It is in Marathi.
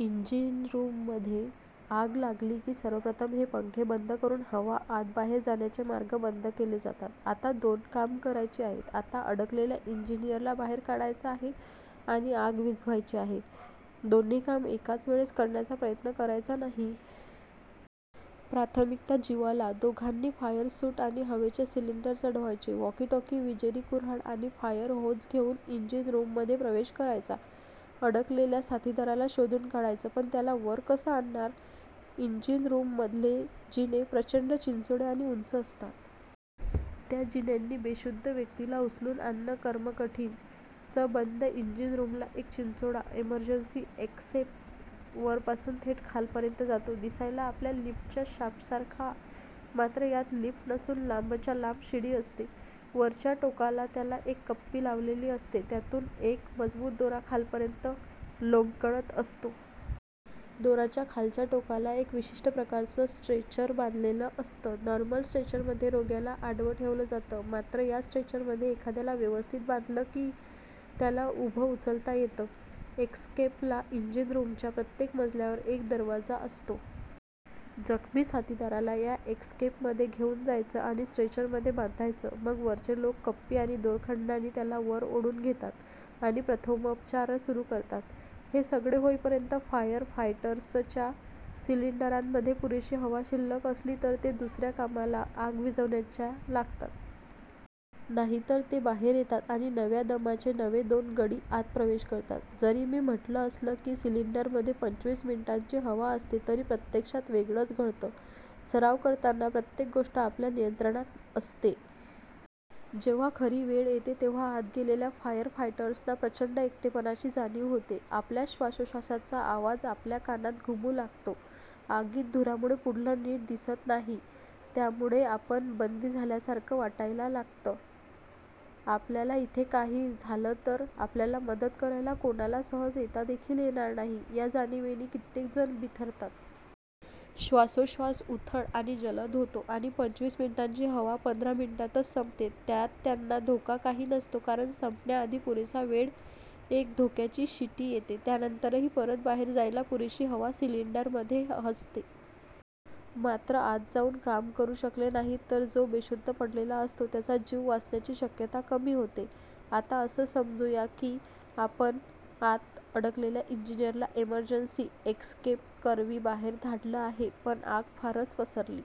इंजिनरूममध्ये आग लागली की सर्वप्रथम हे पंखे बंद करून हवा आतबाहेर जाण्याचे मार्ग बंद केले जातात. आता दोन कामं करायची आहेत. आत अडकलेल्या इन्जिनियरला बाहेर काढायचं आहे आणि आग विझवायची आहे. दोन्ही कामं एकाच वेळेस करण्याचा प्रयत्न करायचा नाही. प्राथमिकता जिवाला. दोघांनी फायर सूट आणि हवेचे सिलिंडर चढवायचे, वॉकी टॉकी, विजेरी, कुर्हाड आणि फायर होज घेऊन इंजिन रूममध्ये प्रवेश करायचा. अडकलेल्या साथिदाराला शोधून काढायचं, पण त्याला वर कसं आणणार? इंजिनरूममधले जिने प्रचंड चिंचोळे आणि उंच असतात. त्या जिन्यांनी बेशुद्ध व्यक्तीला उचलून आणणं कर्मकठीण! सबंद इंजिन रूमला एक चिंचोळा इमर्जन्सी एस्केप वरपासून थेट खालपर्यंत जातो. दिसायला आपल्या लिफ्टच्या शाफ्टसारखा. मात्र यात लिफ्ट नसून लांबच्या लांब शिडी असते. वरच्या टोकाला त्याला एक कप्पी लावलेली असते त्यातून एक मजबूत दोर खालपर्यंत लोंबकळत असतो. दोराच्या खालच्या टोकाला एक विशिष्ट प्रकारचं स्ट्रेचर बांधलेलं असतं. नॉर्मल स्ट्रेचरमध्ये रोग्याला आडवं ठेवलं जातं. मात्र या स्ट्रेचरमध्ये एखाद्याला व्यवस्थित बांधलं की त्याला उभं उचलता येतं. एस्केपला इंजिन रूमच्या प्रत्येक मजल्यावर एक दरवाजा असतो. जखमी साथिदाराला या एस्केपमध्ये घेऊन जायचं आणि स्ट्रेचरमध्ये बांधायचं. मग वरचे लोक कप्पी आणि दोरखंडानी त्याला वर ओढून घेतात आणि प्रथमोपचार सुरू करतात. हे सगळं होईपर्यंत फायर फायटर्सच्या सिलिंडरांमध्ये पुरेशी हवा शिल्लक असली तर ते दुसर्या कामाला – आग विझवण्याच्या – लागतात. नाहीतर ते बाहेर येतात आणि नव्या दमाचे नवे दोन गडी आत प्रवेश करतात. जरी मी म्हटलं असलं की सिलिंडरमध्ये पंचवीस मिनिटांची हवा असते, तरी प्रत्यक्षात वेगळंच घडतं. सराव करताना प्रतेक गोष्ट आपल्या नियंत्रणात असते. जेव्हां खरी वेळ येते तेव्हां आत गेलेल्या फायर फायटर्सना प्रचंड एकटेपणाची जाणीव होते. आपल्याच श्वासोश्वासाचा आवाज आपल्या कानात घुमू लागतो. आगीत धुरामुळे पुढलं नीट दिसत नाही त्यामुळे आपण बंदी झाल्यासारखं वाटायला लागतं. आपल्याला इथे काही झालं तर आपल्याला मदत करायला कोणाला सहज येता देखील येणार नाही या जाणिवेनी कित्येक जण बिथरतात. श्वासोश्वास उथळ आणि जलद होतो आणि पंचवीस मिनिटांची हवा पंधरा मिनिटातच संपते. त्यात त्यांना धोका काही नसतो कारण संपण्याआधी पुरेसा वेळ एक धोक्याची शिटी येते. त्यानंतरही परत बाहेर जायला पुरेशी हवा सिलिंडरमध्ये असते. मात्र आत जाऊन काम करू शकले नाहीत तर जो बेशुद्ध पडलेला असतो त्याचा जीव वाचण्याची शक्यता कमी होते. आता असं समजू या की आपण आत अडकलेल्या इंजिनियरला इमर्जन्सी एस्केपकरवी बाहेर धाडलं आहे पण आग फारच पसरली